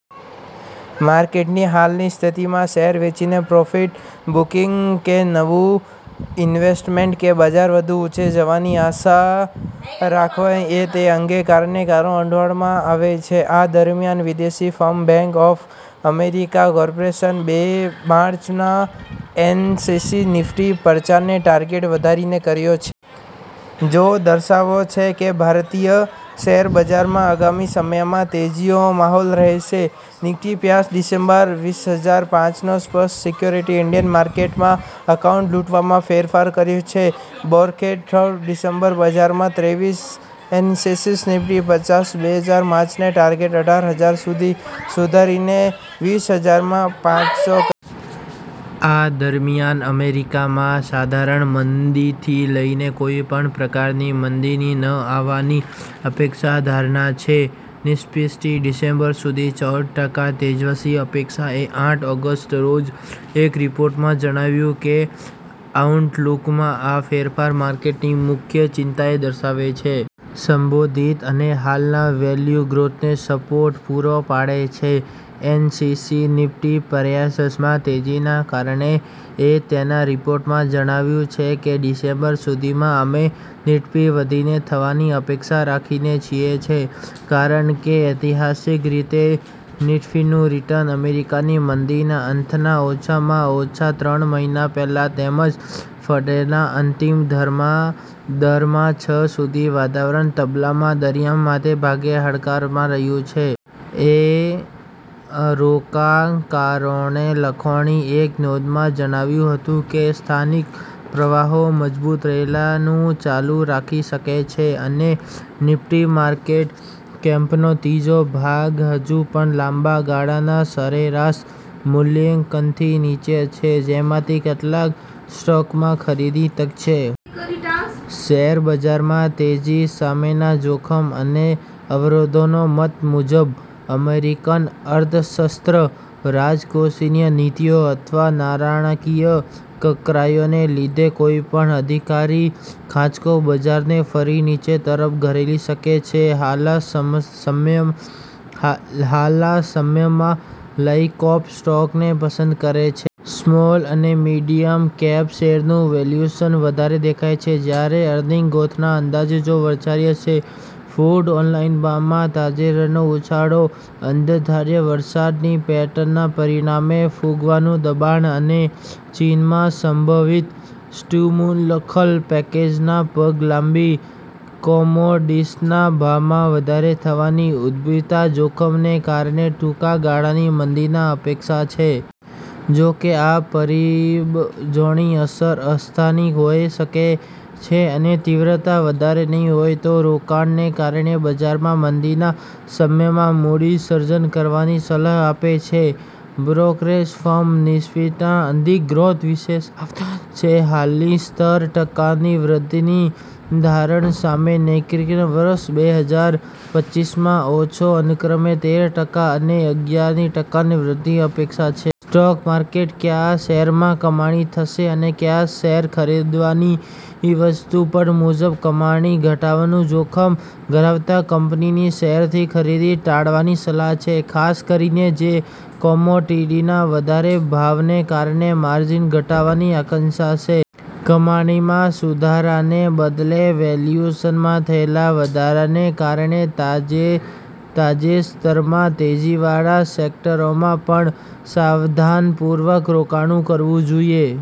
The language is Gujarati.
માર્કેટની હાલની સ્થિતિમાં શેર વેચીને પ્રોફિટ બુકિંગ કે નવું ઇન્વેસ્ટમેન્ટ કે બજાર વધુ ઉંચે જવાની આશા રાખવી તે અંગે રોકાણકારો અવઢવમાં છે. આ દરમિયાન વિદેશી firm bank of America corporation એ બેન્ચમાર્ક એનએસઇ નિફ્ટી પચાસનો ટાર્ગેટ વધારીને કર્યો છે. જે દર્શાવે છે કે, ભારતીય શેરબજારમાં આગામી સમયમાં તેજીનો માહોલ રહેશે. નિફ્ટી પચાસ ડિસેમ્બરમાં વીશહજાર પાંચસોને સ્પર્શશે. સિક્યોરિટીઝે ઇન્ડિયન માર્કેટના આઉટલૂકમાં ફેરફાર કર્યો છે. બ્રોકરેજ ફર્મે ડિસેમ્બર બેહજાર ત્રેવીસમાં એનએસઇ નિફ્ટી પચાસ બેન્ચમાર્કનો ટાર્ગેટ અઢાર હજાર થી સુધારીને વીશહજાર પાંચસો કર્યો છે. આ દરમિયાન અમેરિકામાં સાધારણ મંદીથી લઇને કોઈ પણ પ્રકારની મંદીની ન આવવાની અપેક્ષા ધારણા છે. નિફ્ટી ડિસેમ્બર સુધી ચૌદ ટકા તેજીની અપેક્ષા એ આઠ ઓગસ્ટના રોજ એક રિપોર્ટમાં જણાવ્યું કે, આઉટલૂકમાં આ ફેરફાર માર્કેટની મુખ્ય ચિંતાને દર્શાવે છે. સંબોધિત અને હાલના વેલ્યૂ ગ્રોથને સપોર્ટ પૂરો પાડે છે. એનએસઇ નિફ્ટી-પચાસમાં તેજીના કારણો એ તેના રિપોર્ટમાં જણાવ્યું છે કે, "ડિસેમ્બર સુધીમાં અમે નિફ્ટી વધીને થવાની અપેક્ષા રાખીએ છીએ, કારણ કે, ઐતિહાસિક રીતે નિફ્ટીનું રિટર્ન અમેરિકાની મંદીના અંતના ઓછામાં ઓછા ત્રણ મહિના પહેલા તેમજ ફેડના અંતિમ દરમાં છ સુધીના વધારાના તબક્કા દરમિયાન મોટે ભાગે હકારાત્મક રહ્યું છે. એ રોકાણકારોને લખેલી એક નોંધમાં જણાવ્યું હતું કે, " સ્થાનિક પ્રવાહો મજબૂત રહેવાનું ચાલુ રાખી શકે છે અને નિફ્ટી માર્કેટ કેપનો ત્રીજો ભાગ હજુ પણ લાંબા ગાળાના સરેરાશ મૂલ્યાંકનથી નીચે છે જેમાંથી કેટલાક સ્ટોક્સમાં ખરીદીની તક છે. " શેરબજારમાં તેજી સામેના જોખમ અને અવરોધેના મત મુજબ, અમેરિકન અર્થતંત્ર, રાજકોષીય નીતિઓ અથવા નાણાકીય કડકાઇને લીધે કોઈપણ અણધારી આંચકો બજારને ફરી નીચે તરફ ધકેલી શકે છે. હાલા સમયમાં લાર્જકેપ સ્ટોક્સને પસંદ કરે છે. સ્મોલ અને મિડિયમ કેપ શેરનું વેલ્યુએશન વધારે દેખાય છે, જ્યારે અર્નિંગ ગ્રોથના અંદાજો વધાર્યા છે. ક્રૂડ ઓઇલના ભાવમાં તાજેતરનો ઉછાળો, અણધાર્યા વરસાદની પેટર્નના પરિણામે ફુગાવાનું દબાણ અને ચીનમાં સંભવિત સ્ટિમ્યુઅલ પેકેજના પગલાંથી કોમોડિટીના ભાવમાં વધારો થવાથી ઉદ્ભવતા જોખમોને કારણે ટૂંકા ગાળાની મંદીની અપેક્ષા છે. જો કે, આ પરિબળોની અસર અસ્થાયી હોઈ શકે છે અને તીવ્રતા વધારે નહીં હોય, તે રોકાણકારોને બજારમાં મંદીના સમયમાં મૂડી સર્જન કરવાની સલાહ આપે છે. બ્રોકરેજ ફર્મ નિફ્ટીના અર્નિંગ ગ્રોથ વિશે સાવધાન છે, હાલની સત્તર ટકાની વૃદ્ધિની ધારણા સામે નાણાંકીય વર્ષ બેહજાર પચ્ચીસમાં ઓછો અનુક્રમે તેર ટકા અને અગિયાર ટકાની વૃદ્ધિની અપેક્ષા છે. સ્ટોક માર્કેટમાં ક્યા શેરમાં કમાણી થશે અને ક્યા શેર ખરીદવાથી બચવું મત મુજબ કમાણી ઘટવાનું જોખમ ધરાવતા કંપનીના શેરની ખરીદી ટાળવાની સલાહ છે, ખાસ કરીને જે કોમોડિટીના વધતા ભાવને કારણે માર્જિન ઘટવાની આશંકા છે. કમાણીમાં સુધારાને બદલે વેલ્યુએશનમાં થયેલા વધારાને કારણે તાજેતરમાં તેજીવાળા સેક્ટરોમાં પણ સાવધાનીપૂર્વક રોકાણ કરવું જોઈએ.